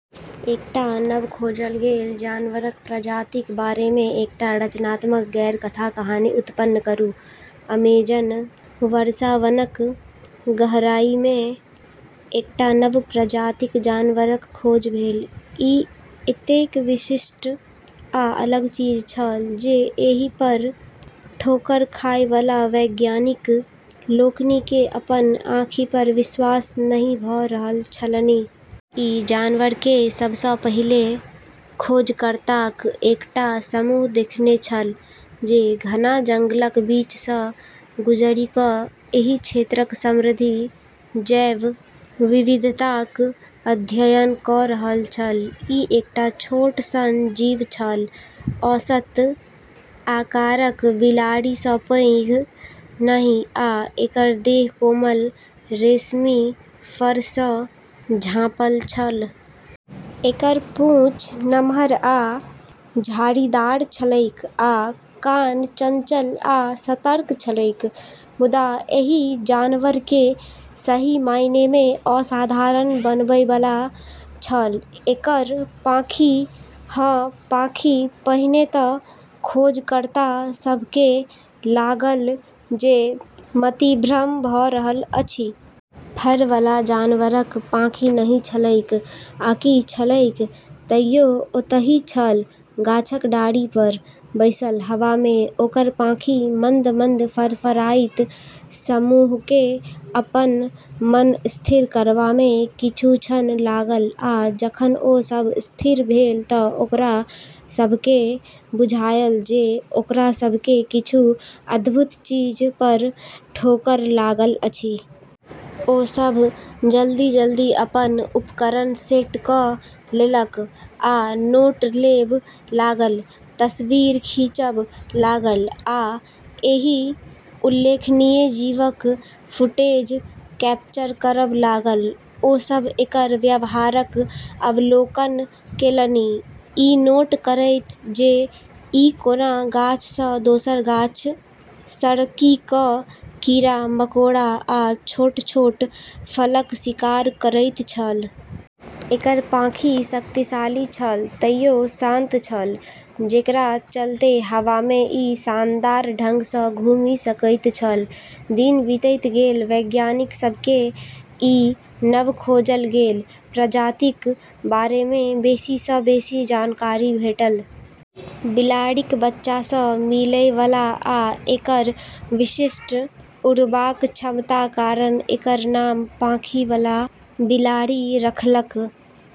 एकटा नव खोजल गेल जानवरक प्रजातिक बारेमे एकटा रचनात्मक गैर-कथा कहानी उत्पन्न करू। अमेजन वर्षावनक गहराईमे एकटा नव प्रजातिक जानवरक खोज भेल। ई एतेक विशिष्ट आ अलग चीज छल, जे एहि पर ठोकर खाय वाला वैज्ञानिक लोकनि केँ अपन आँखि पर विश्वास नहि भ’ रहल छलनि। ई जानवरकेँ सभ सँ पहिले खोजकर्ताक एकटा समूह देखने छल जे घना जंगलक बीच सँ गुजरि क’ एहि क्षेत्रक समृद्ध जैव विविधताक अध्ययन क’ रहल छल। ई एकटा छोट सन जीव छल, औसत आकारक बिलाड़ि सँ पैघ नहि, आ एकर देह कोमल, रेशमी फर सँ झाँपल छल। एकर पूँछ नमहर आ झाड़ीदार छलैक आ कान चंचल आ सतर्क छलैक। मुदा एहि जानवरकेँ सही मायनेमे असाधारण बनबै बला छल एकर पाँखि। हँ, पाँखि! पहिने तँ खोजकर्ता सभकेँ लागल जे मतिभ्रम भ’ रहल अछि। फर बला जानवरक पाँखि नहि छलैक, आकि छलैक? तइयो ओतहि छल, गाछक डारि पर बैसल, हवामे ओकर पाँखि मंद-मंद फड़फड़ाइत। समूहकेँ अपन मन स्थिर करबामे किछु क्षण लागल, आ जखन ओ सभ स्थिर भेल तँ ओकरा सभकेँ बुझायल जे ओकरा सभकेँ किछु अद्भुत चीज पर ठोकर लागल अछि। ओ सभ जल्दी-जल्दी अपन उपकरण सेट क’ लेलक, आ नोट लेब’ लागल, तस्वीर खींचब’ लागल, आ एहि उल्लेखनीय जीवक फुटेज कैप्चर करब’ लागल। ओ सभ एकर व्यवहारक अवलोकन केलनि, ई नोट करैत जे ई कोना गाछ सँ दोसर गाछ सरकि क’ कीड़ा-मकोड़ा आ छोट-छोट फलक शिकार करैत छल। एकर पाँखि शक्तिशाली छल, तइयो शांत छल, जेकरा चलते हवामे ई शानदार ढंग सँ घूमि सकैत छल। दिन बीतैत गेल, वैज्ञानिक सभकेँ ई नव खोजल गेल प्रजातिक बारेमे बेसी सँ बेसी जानकारी भेटल। बिलाड़िक बच्चा सँ मिलै वाला आ एकर विशिष्ट उड़बाक क्षमताक कारण एकर नाम "पाँखि बला बिलाड़ि" रखलक।